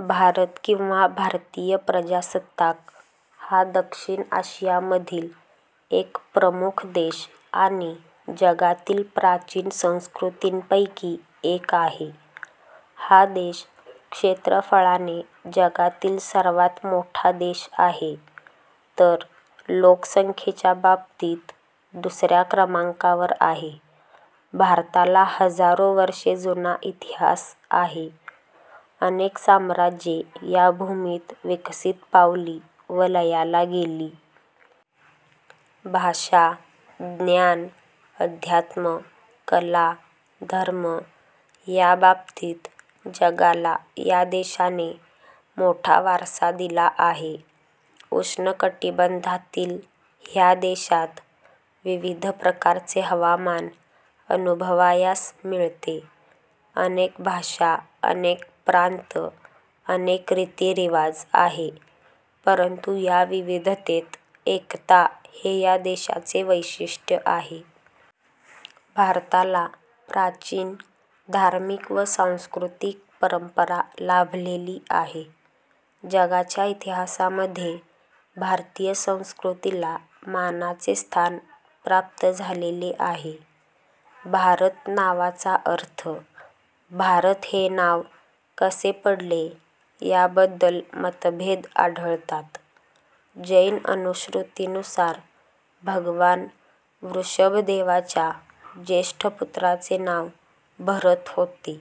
भारत किंवा भारतीय प्रजासत्ताक हा दक्षिण आशियामधील एक प्रमुख देश आणि जगातील प्राचीन संस्कृतींपैकी एक आहे. हा देश क्षेत्रफळाने जगातील सर्वांत मोठा देश आहे तर लोकसंख्येच्या बाबतीत दुसऱ्या क्रमांकावर आहे. भारताला हजारो वर्षे जुना इतिहास आहे, अनेक साम्राज्ये या भूमीत विकसित पावली व लयाला गेली. भाषा, ज्ञान, अध्यात्म, कला, धर्म या बाबतीत जगाला या देशाने मोठा वारसा दिला आहे. उष्ण कटिबंधातील ह्या देशात विविध प्रकारचे हवामान अनुभवायास मिळते. अनेक भाषा, अनेक प्रांत, अनेक रितीरिवाज आहे परंतु या विविधतेत एकता हे या देशाचे वैशिष्ट्य आहे. भारताला प्राचीन धार्मिक व सांस्कृतिक परंपरा लाभलेली आहे जगाच्या इतिहासामध्ये भारतीय संस्कृतीला मानाचे स्थान प्राप्त झालेले आहे. ' भारत नावाचा अर्थ ' भारत हे नाव कसे पडले याबद्धल मतभेद आढळतात. जैन अनुश्रुतिनुसार भगवान ॠषभदेवाच्या ज्येष्ठ पुत्राचे नाव भरत होते.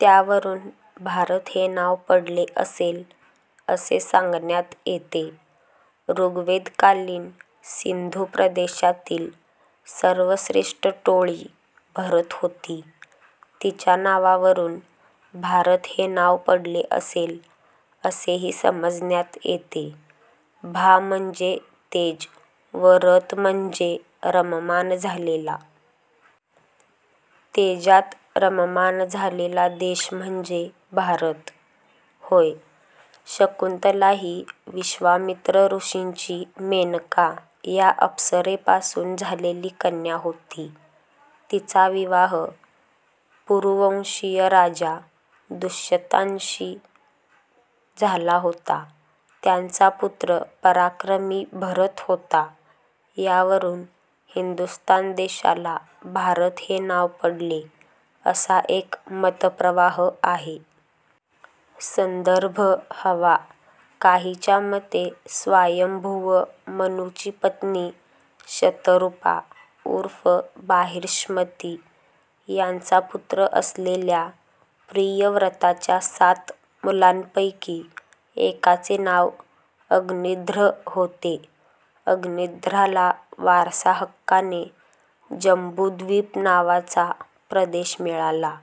त्यावरून भारत हे नाव पडले असे सांगण्यात येते. ॠग्वेदकालीन सिंधू प्रदेशातील सर्वश्रेष्ठ टोळी भरत होती. तिच्या नावावरून भारत हे नाव पडले असेल असेही समजण्यात येते. 'भा' म्हणजे तेज व 'रत' म्हणजे रममाण झालेला. तेजात रममाण झालेला देश म्हणजे भारत होय. शकुंतला ही विश्वामित्र ऋषींची मेनका या अप्सरेपासून झालेली कन्या होती. तिचा विवाह पुरुवंशीय राजा दुष्यंताशी झाला होता. त्यांचा पुत्र पराक्रमी भरत होता. यावरून हिंदुस्थान देशाला भारत हे नाव पडले असा एक मतप्रवाह आहे. संदर्भ हवा काहीच्या मते स्वायंभुव मनूची पत्नी शतरूपा ऊर्फ बार्हिष्मती यांचा पुत्र असलेल्या प्रियव्रताच्या सात मुलांपैकी एकाचे नांव अग्निध्र होते. अग्निध्राला वारसाहक्काने जंबूद्वीप नावाचा प्रदेश मिळाला.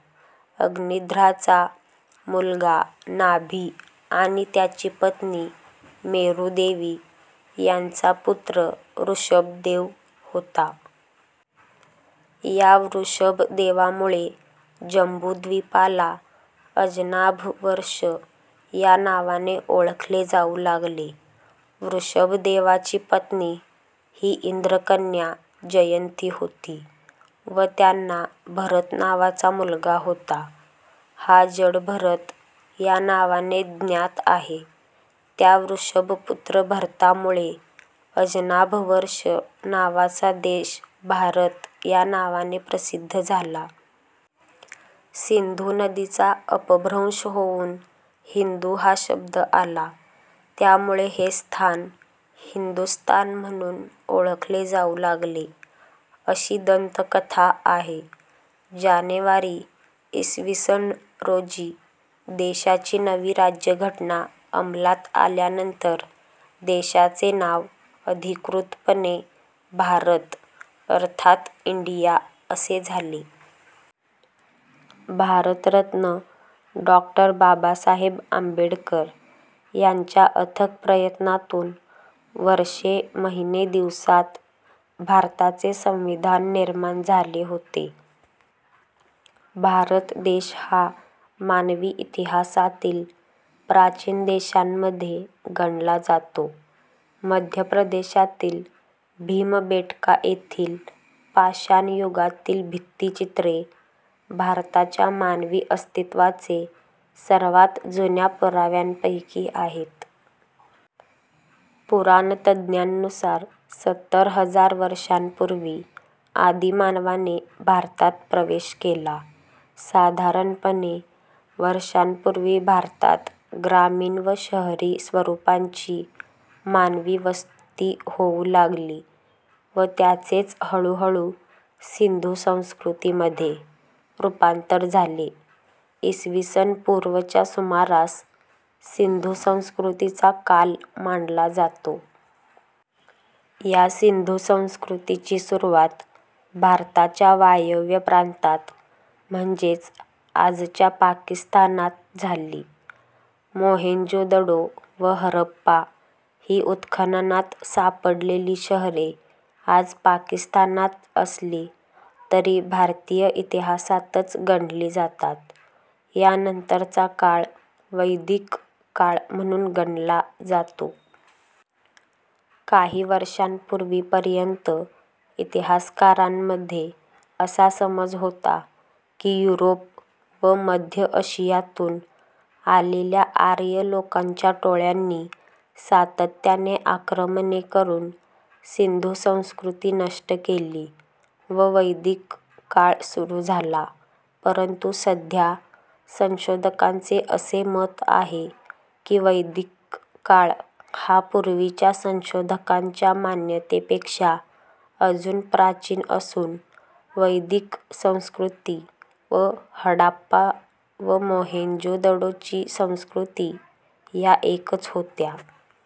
अग्निध्राचा मुलगा नाभि आणि त्याची पत्नी मेरुदेवी यांचा पुत्र ऋषभदेव होता. या ऋषभदेवामुळे जंबूद्वीपाला अजनाभवर्ष या नावाने ओळखले जाऊ लागले. ऋषभदेवाची पत्नी ही इंद्रकन्या जयंती होती व त्यांना भरत नावाचा मुलगा होता. हा जडभरत या नावाने ज्ञात आहे. त्या ऋषभपुत्र भरतामुळे अजनाभवर्ष नावाचा देश भारत या नावाने प्रसिद्ध झाला. सिंधू नदीचा अपभ्रंश होऊन हिंदू हा शब्द आला. त्यामुळे हे स्थान हिंदुस्थान म्हणून ओळखले जाऊ लागले. अशी दंतकथा आहे. जानेवारी, इ. स. रोजी देशाची नवी राज्यघटना अंमलात आल्यानंतर देशाचे नाव अधिकृतपणे 'भारत' अर्थात इंडिया असे झाले. भारतरत्न डॉ. बाबासाहेब आंबेडकर यांच्या अथक प्रयत्नातून वर्षे महिने दिवसात भारताचे संविधान निर्माण झाले होते. भारत देश हा मानवी इतिहासातील प्राचीन देशांमध्ये गणला जातो. मध्यप्रदेशातील भीमबेटका येथील पाषाणयुगातील भित्तीचित्रे भारताच्या मानवी अस्तित्त्वाचे सर्वांत जुन्या पुराव्यांपैकी आहेत. पुराणतज्ञांनुसार, सत्तर हजार वर्षांपूर्वी आदिमानवाने भारतात प्रवेश केला. साधारणपणे वर्षांपूर्वी भारतात ग्रामीण व शहरी स्वरूपांची मानवी वस्ती होऊ लागली व त्याचेच हळूहळू सिंधू संस्कृतीमध्ये. रूपांतर झाले. इसवीसन पूर्व च्या सुमारास सिंधू संस्कृतीचा काल मानला जातो. या सिंधू संस्कृतीची सुरुवात भारताच्या वायव्य प्रांतात म्हणजेच आजच्या पाकिस्ताना त झाली. मोहेंजोदडो व हरप्पा ही उत्खननात सापडलेली शहरे आज पाकिस्तानात असली तरी भारतीय इतिहासातच गणली जातात. यानंतरचा काळ वैदिक काळ म्हणून गणला जातो. काही वर्षांपूर्वीपर्यंत इतिहासकारांमध्ये असा समज होता की युरोप व मध्य अशियातून आलेल्या आर्य लोकांच्या टोळ्यांनी सातत्याने आक्रमणे करून सिंधू संस्कृती नष्ट केली व वैदिक काळ सूरू झाला. परंतु सध्या संशोधकांचे असे मत आहे की वैदिक काळ हा पूर्वीच्या संशोधकांच्या मान्यतेपेक्षा अजून प्राचीन असून वैदिक संस्कृती व हडाप्पा व मोहोंदोजडोची संस्कृती या एकच होत्या.